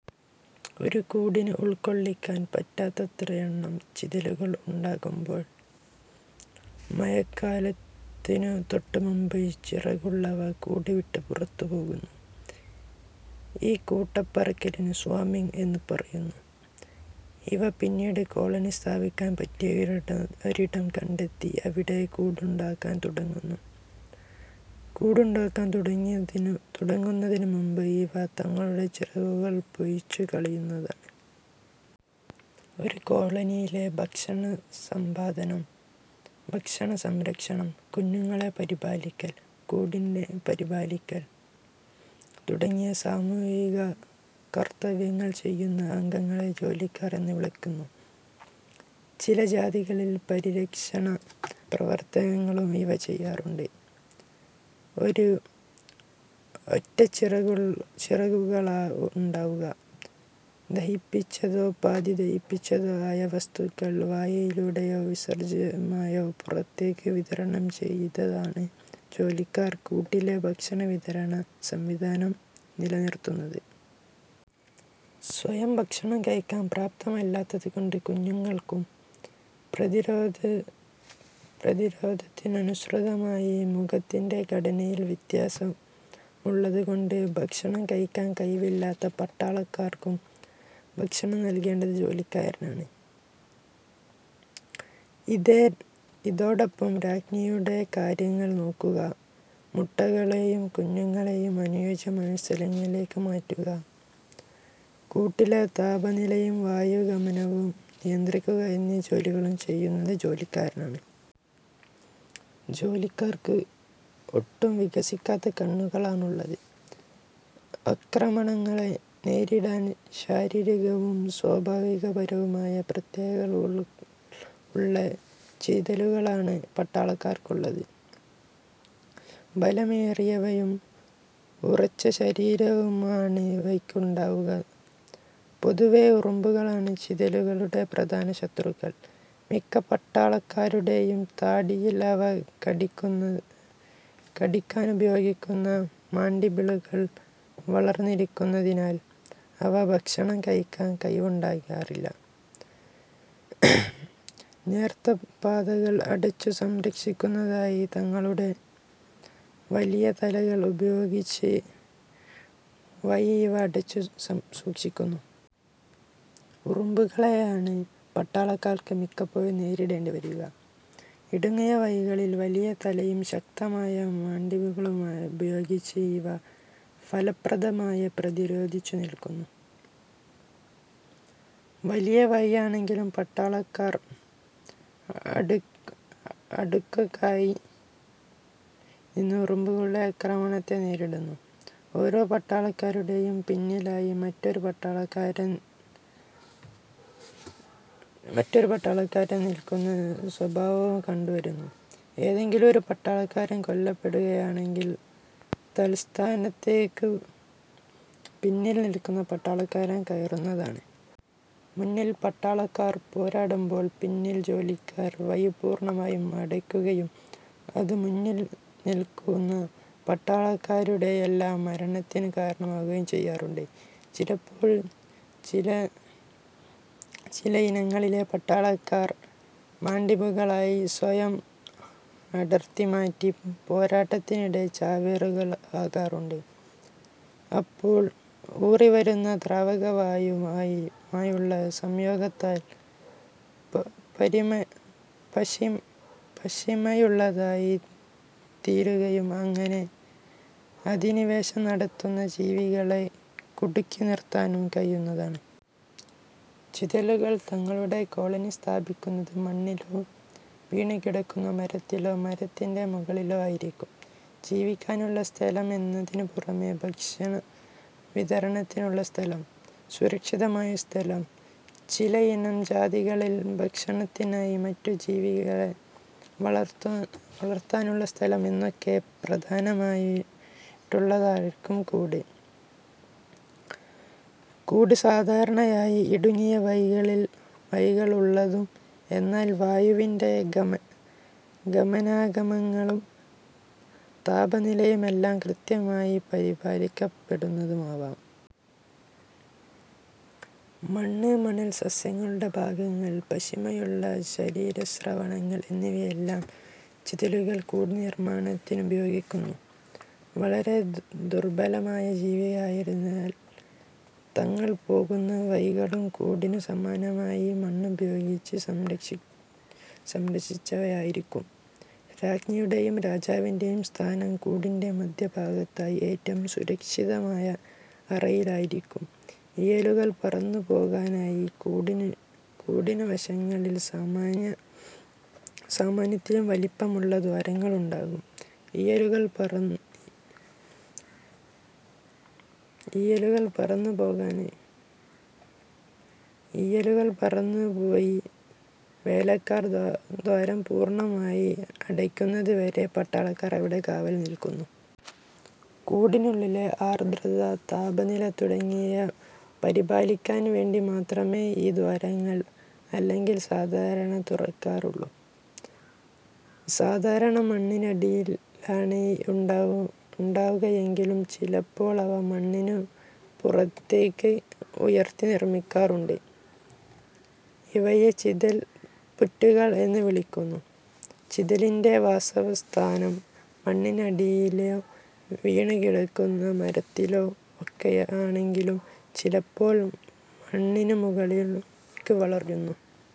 ഒരു കൂടിനു ഉൾക്കൊള്ളാൻ പറ്റാത്തത്രയെണ്ണം ചിതലുകൾ ഉണ്ടാകുമ്പോൾ മഴക്കാലത്തിനു തൊട്ടുമുമ്പ് ചിറകുള്ളവ കൂടുവിട്ടു പുറത്തു പോകുന്നു. ഈ കൂട്ടപ്പറക്കലിന് ''സ്വാമിങ്'' എന്നു പറയുന്നു. ഇവ പിന്നീട് കോളനി സ്ഥാപിക്കാൻ പറ്റിയ ഒരിടം കണ്ടെത്തി അവിടെ കൂടുണ്ടാക്കാൻ തുടങ്ങുന്നു. കൂടുണ്ടാക്കാൻ തുടങ്ങുന്നതിനു മുമ്പ് ഇവ തങ്ങളുടെ ചിറകുകൾ പൊഴിച്ചു കളയുന്നതാണ്. ഒരു കോളനിയിലെ ഭക്ഷണ സമ്പാദനം, ഭക്ഷണ സംരക്ഷണം, കുഞ്ഞുങ്ങളെ പരിപാലിക്കൽ, കൂടിന്റെ പരിപാലിക്കൽ തുടങ്ങിയ സാമൂഹിക കർത്തവ്യങ്ങൾ ചെയ്യുന്ന അംഗങ്ങളെ ജോലിക്കാർ എന്നു വിളിക്കുന്നു. ചില ജാതികളിൽ പരിരക്ഷണ പ്രവർത്തനങ്ങളും ഇവ ചെയ്യാറുണ്ട്. ഒരു ഒറ്റച്ചിറകുകളാവും ഉണ്ടാവുക. ദഹിപ്പിച്ചതോ പാതി ദഹിപ്പിച്ചതോ ആയ വസ്തുക്കൾ വായിലൂടെയോ വിസർജ്ജ്യമായോ പുറത്തെടുത്ത് വിതരണം ചെയ്താണ് ജോലിക്കാർ കൂട്ടിലെ ഭക്ഷണ വിതരണ സംവിധാനം നിലനിർത്തുന്നത്. സ്വയം ഭക്ഷണം കഴിക്കാൻ പ്രാപ്തമല്ലാത്തതുകൊണ്ട് കുഞ്ഞുങ്ങൾക്കും, പ്രതിരോധത്തിനനുസൃതമായി മുഖത്തിന്റെ ഘടനയിൽ വ്യത്യാസമുള്ളതുകൊണ്ട് ഭക്ഷണം കഴിക്കാൻ കഴിവില്ലാത്ത പട്ടാളക്കാർക്കും ഭക്ഷണം നൽകേണ്ടത് ജോലിക്കാരാണ്. ഇതോടൊപ്പം രാജ്ഞിയുടെ കാര്യങ്ങൾ നോക്കുക, മുട്ടകളേയും കുഞ്ഞുങ്ങളേയും അനുയോജ്യമായ സ്ഥലങ്ങളിലേയ്ക്ക് മാറ്റുക, കൂട്ടിലെ താപനിലയും വായൂ ഗമനാഗമനവും നിയന്ത്രിക്കുക എന്നീ ജോലികളും ചെയ്യുന്നത് ജോലിക്കാരാണ്. ജോലിക്കാർക്ക് ഒട്ടും വികസിക്കാത്ത കണ്ണുകളാണുള്ളത്. ആക്രമണങ്ങളെ നേരിടാൻ ശാരീരികവും സ്വഭാവപരവുമായ പ്രത്യേകതകൾ ഉള്ള ചിതലുകളാണ് പട്ടാളക്കാർ. ബലമേറിയവയും ഉറച്ചശരീരവുമാണിവയ്ക്കുണ്ടാവുക. പൊതുവേ ഉറുമ്പുകളാണ് ചിതലുകളുടെ പ്രധാന ശത്രുക്കൾ. മിക്ക പട്ടാളക്കാരുടേയും താടിയിൽ അവ കടിക്കാനുപയോഗിക്കുന്ന മാൻഡിബിളുകൾ വളർന്നിരിക്കുന്നതിനാൽ അവയ്ക്ക് ഭക്ഷണം കഴിയ്ക്കാൻ കഴിവുണ്ടാകാറില്ല. നേർത്ത പാതകൾ അടച്ചുസംരക്ഷിക്കുന്നതിനായി തങ്ങളുടെ വലിയ തലകൾ ഉപയോഗിച്ച് വഴി ഇവ അടച്ചു സൂക്ഷിക്കുന്നു. ഉറുമ്പുകളെയാണ് പട്ടാളക്കാർക്ക് മിക്കപ്പോഴും നേരിടേണ്ടിവരിക. ഇടുങ്ങിയ വഴികളിൽ വലിയ തലയും ശക്തമായ മാൻഡിബിളുകളുമുപയോഗിച്ച് ഇവ ഫലപ്രദമായി പ്രതിരോധിച്ചു നിൽക്കുന്നു. വലിയ വഴിയാണെങ്കിൽ പട്ടാളക്കാർ അടുക്കടുക്കായി നിന്ന് ഉറുമ്പുകളുടെ ആക്രമണത്തെ നേരിടുന്നു. ഓരോ പട്ടാളക്കാരുടെയും പിന്നിലായി മറ്റൊരു പട്ടാളക്കാരൻ നിൽക്കുന്ന സ്വഭാവവും കണ്ടു വരുന്നു. ഏതെങ്കിലും ഒരു പട്ടാളക്കാരൻ കൊല്ലപ്പെടുകയാണെങ്കിൽ തത്സ്ഥാനത്തേയ്ക്ക് പിന്നിൽ നിൽക്കുന്ന പട്ടാളക്കാരൻ കയറുന്നതാണ്. മുന്നിൽ പട്ടാളക്കാർ പോരാടുമ്പോൾ പിന്നിൽ ജോലിക്കാർ വഴി പൂർണ്ണമായും അടയ്ക്കുകയും അത് മുന്നിൽ നിൽക്കുന്ന പട്ടാളക്കാരുടെയെല്ലാം മരണത്തിനു കാരണമാവുകയും ചെയ്യാറുണ്ട്. ചിലപ്പോൾ ചിലയിനങ്ങളിലെ പട്ടാളക്കാർ മാൻഡിബിളുകൾ സ്വയം അടർത്തിമാറ്റി പോരാട്ടത്തിനിടെ ചാവേറുകൾ ആകാറുണ്ട്. അപ്പോൾ ഊറിവരുന്ന ദ്രാവകം വായുവുമായുള്ള സംയോഗത്താൽ പശിമയുള്ളതായി തീരുകയും അങ്ങനെ അധിനിവേശം നടത്തുന്ന ജീവികളെ കുടുക്കി നിർത്താനും കഴിയുന്നതാണ്. ചിതലുകൾ തങ്ങളുടെ കോളനി സ്ഥാപിക്കുന്നത്, മണ്ണിലോ, വീണുകിടക്കുന്ന മരത്തിലോ, മരത്തിന്റെ മുകളിലോ ആയിരിക്കും. ജീവിക്കാനുള്ള സ്ഥലം എന്നതിനു പുറമേ ഭക്ഷണവിതരണത്തിനുള്ള സ്ഥലം, സുരക്ഷിതമായ സ്ഥലം, ചിലയിനം ജാതികളിൽ ഭക്ഷണത്തിനായി മറ്റു ജീവികളെ വളർത്താനുള്ള സ്ഥലം എന്നൊക്കെ പ്രാധാന്യമുള്ളതായിരിക്കും കൂട്. കൂട് സാധാരണയായി ഇടുങ്ങിയ വഴികൾ ഉള്ളതും എന്നാൽ വായുവിന്റെ ഗമനാഗമനവും താപനിലയുമെല്ലാം കൃത്യമായി പരിപാലിക്കപ്പെട്ടതുമാവും. മണ്ണ്, മണൽ, സസ്യങ്ങളുടെ ഭാഗങ്ങൾ, പശിമയുള്ള ശരീരസ്രവങ്ങൾ എന്നിവയെല്ലാം ചിതലുകൾ കൂടുനിർമ്മാണത്തിനുപയോഗിക്കുന്നു. വളരെ ദുർബലങ്ങളായ ജീവികളായതിനാൽ തങ്ങൾ പോകുന്ന വഴികളും കൂടിനു സമാനമായി മണ്ണുപയോഗിച്ച് സംരക്ഷിച്ചവയായിരിക്കും. രാജ്ഞിയുടേയും രാജാവിന്റെയും സ്ഥാനം കൂടിന്റെ മദ്ധ്യഭാഗത്തായി ഏറ്റവും സുരക്ഷിതമായ അറയിലായിരിക്കും. ഈയലുകൾ പറന്നു പോകാനായി കൂടിനുവശങ്ങളിൽ സാമാന്യത്തിലും വലിപ്പമുള്ള ദ്വാരങ്ങളുണ്ടാകും, ഈയലുകൾ പറന്നു പോയി വേലക്കാർ ദ്വാരം പൂർണ്ണമായി അടയ്ക്കുന്നതുവരെ പട്ടാളക്കാർ ഇവിടെ കാവൽ നിൽക്കുന്നു. കൂടിനുള്ളിലെ ആർദ്രത, താപനില തുടങ്ങിയവ പരിപാലിക്കാൻ വേണ്ടി മാത്രമേ ഈ ദ്വാരങ്ങൾ അല്ലെങ്കിൽ സാധാരണ തുറക്കാറുള്ളു. സാധാരണ മണ്ണിനടിയിലാണ് ഉണ്ടാവുകയെങ്കിലും ചിലപ്പോളവ മണ്ണിനു പുറത്തെയ്ക്ക് ഉയർത്തി നിർമ്മിക്കാറുണ്ട്. ഇവയെ ചിതൽ പുറ്റുകൾ എന്നു വിളിക്കുന്നു. ചിതലിന്റെ വാസസ്ഥാനം മണ്ണിനടിയിലോ വീണുകിടക്കുന്ന മരത്തിലോ ഒക്കെയാണെങ്കിലും ചിലപ്പോഴവ മണ്ണിനു മുകളിലേയ്ക്ക് വളർന്നു